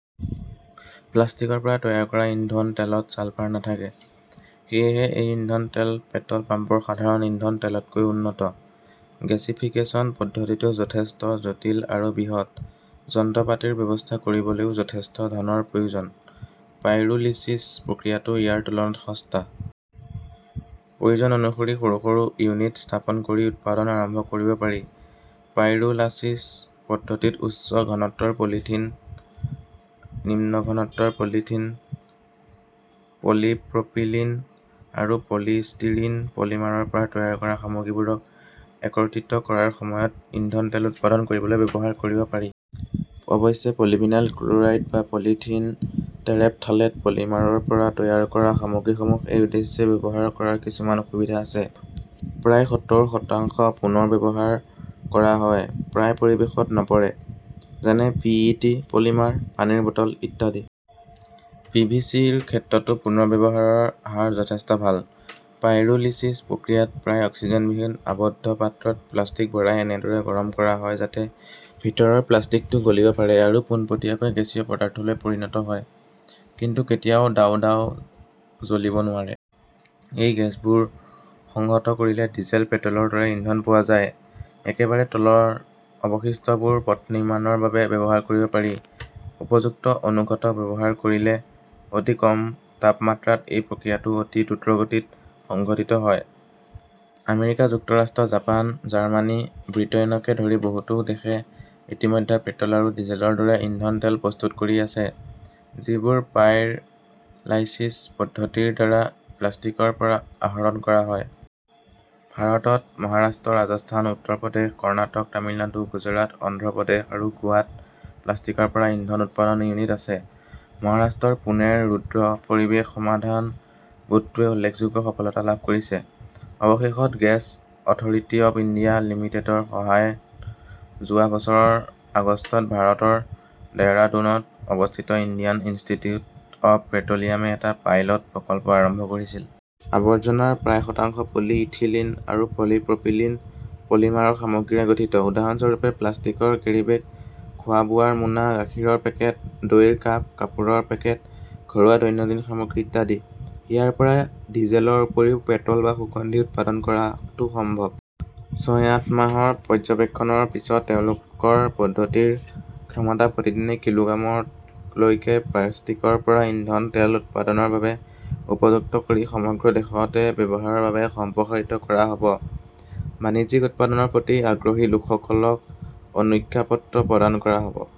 প্লাষ্টিকৰ পৰা তৈয়াৰ কৰা ইন্ধন তেলত ছালফাৰ নাথাকে। সেয়েহে এই ইন্ধন তেল পেট্ৰল পাম্পৰ সাধাৰণ ইন্ধন তেলতকৈ উন্নত। গেছিফিকেচন পদ্ধতিটো যথেষ্ট জটিল আৰু বৃহৎ। যন্ত্ৰপাতিৰ ব্যৱস্থা কৰিবলৈও যথেষ্ট ধনৰ প্ৰয়োজন। পাইৰোলিছিছ প্ৰক্ৰিয়াটো ইয়াৰ তুলনাত সস্তা। প্ৰয়োজন অনুসৰি সৰু- সৰু ইউনিট স্থাপন কৰি উৎপাদন আৰম্ভ কৰিব পাৰি। পাইৰোলাচিছ পদ্ধতিত উচ্চ ঘনত্বৰ পলিথিন, নিম্ন ঘনত্বৰ পলিথিন, পলিপ্ৰপিলিন আৰু পলিষ্টিৰিন পলিমাৰৰ পৰা তৈয়াৰ কৰা সামগ্ৰীবোৰক একত্ৰিত কৰাৰ সময়ত ইন্ধন তেল উৎপাদন কৰিবলৈ ব্যৱহাৰ কৰিব পাৰি। অৱশ্যে পলিভিনাইল ক্লৰাইড বা পলিথিন টেৰেপথলেট পলিমাৰৰ পৰা তৈয়াৰ কৰা সামগ্ৰীসমূহ এই উদ্দেশ্যে ব্যৱহাৰ কৰাৰ কিছুমান অসুবিধা আছে। প্ৰায় সত্তৰ শতাংশ পুনৰব্যৱহাৰ কৰা হয়, প্ৰায় পৰিৱেশত নপৰে। যেনে পি. ই. টি. পলিমাৰ, পানীৰ বটল ইত্যাদি। পি. ভি. চি. -ৰ ক্ষেত্ৰতো পুনৰ্ব্যৱহাৰৰ হাৰ যথেষ্ট ভাল। পাইৰোলিছিছ প্ৰক্ৰিয়াত প্ৰায় অক্সিজেনবিহীন আবদ্ধ পাত্ৰত প্লাষ্টিক ভৰাই এনেদৰে গৰম কৰা হয় যাতে ভিতৰৰ প্লাষ্টিকটো গলিব পাৰে আৰু পোনপটীয়াকৈ গেছীয় পদাৰ্থলৈ পৰিণত হয়। কিন্তু কেতিয়াও দাউদাও জ্বলিব নোৱাৰে। এই গেছবোৰ সংহত কৰিলে ডিজেল, পেট্ৰলৰ দৰে ইন্ধন পোৱা যায় একেবাৰে তলৰ অৱশিষ্টবোৰ পথ নিৰ্মাণৰ বাবে ব্যৱহাৰ কৰিব পাৰি। উপযুক্ত অনুঘটক ব্যৱহাৰ কৰিলে অতি কম তাপমাত্ৰাত এই প্ৰক্ৰিয়াটো অতি দ্ৰুতগতিত সংঘটিত হয়। আমেৰিকা যুক্তৰাষ্ট্ৰ, জাপান, জাৰ্মানী, ব্ৰিটেইনকে ধৰি বহুতো দেশে ইতিমধ্যে পেট্ৰল আৰু ডিজেলৰ দৰে ইন্ধন তেল প্ৰস্তুত কৰি আছে, যিবোৰ পাইৰ লাইসিস পদ্ধতিৰ দ্বাৰা প্লাষ্টিকৰ পৰা আহৰণ কৰা হয়। ভাৰতৰ মহাৰাষ্ট্ৰ, ৰাজস্থান, উত্তৰ প্ৰদেশ, কৰ্ণাটক, তামিলনাডু, গুজৰাট, অন্ধ্ৰ প্ৰদেশ আৰু গোৱাত প্লাষ্টিকৰ পৰা ইন্ধন উৎপাদন ইউনিট আছে। মহাৰাষ্ট্ৰৰ পুনেৰ ৰুদ্ৰ পৰিৱেশ সমাধান গোটটোৱে উল্লেখযোগ্য সফলতা লাভ কৰিছে। অৱশেষত গেছ অথৰিটি অৱ ইণ্ডিয়া লিমিটেডৰ সহায়ত যোৱা বছৰৰ আগষ্টত ভাৰতৰ দেহৰাদুনত অৱস্থিত ইণ্ডিয়ান ইনষ্টিটিউট অৱ পেট্ৰলিয়ামে এটা পাইলট প্ৰকল্প আৰম্ভ কৰিছিল। আবৰ্জনাৰ প্ৰায় শতাংশ পলিইথিলিন আৰু পলিপ্ৰপিলিন পলিমাৰৰ সামগ্ৰীৰে গঠিত। উদাহৰণস্বৰূপে, প্লাষ্টিকৰ কেৰীবেগ, খোৱা-বোৱাৰ মোনা, গাখীৰৰ পেকেট, দইৰ কাপ, কাপোৰৰ পেকেট, ঘৰুৱা দৈনন্দিন সামগ্ৰী ইত্যাদি। ইয়াৰ পৰা ডিজেলৰ উপৰিও পেট্ৰল বা সুগন্ধি উৎপাদন কৰাটো সম্ভৱ। ছয়-আঠ মাহৰ পৰ্যবেক্ষণৰ পিছত তেওঁলোকৰ পদ্ধতিৰ ক্ষমতা প্ৰতিদিনে কিলোগ্ৰামলৈকে প্লাষ্টিকৰ পৰা ইন্ধন তেল উৎপাদনৰ বাবে উপযুক্ত কৰি সমগ্ৰ দেশতে ব্যৱহাৰৰ বাবে সম্প্ৰসাৰিত কৰা হ 'ব। বাণিজ্যিক উৎপাদনৰ প্ৰতি আগ্ৰহী লোকসকলক অনুজ্ঞাপত্ৰ প্ৰদান কৰা হ'ব।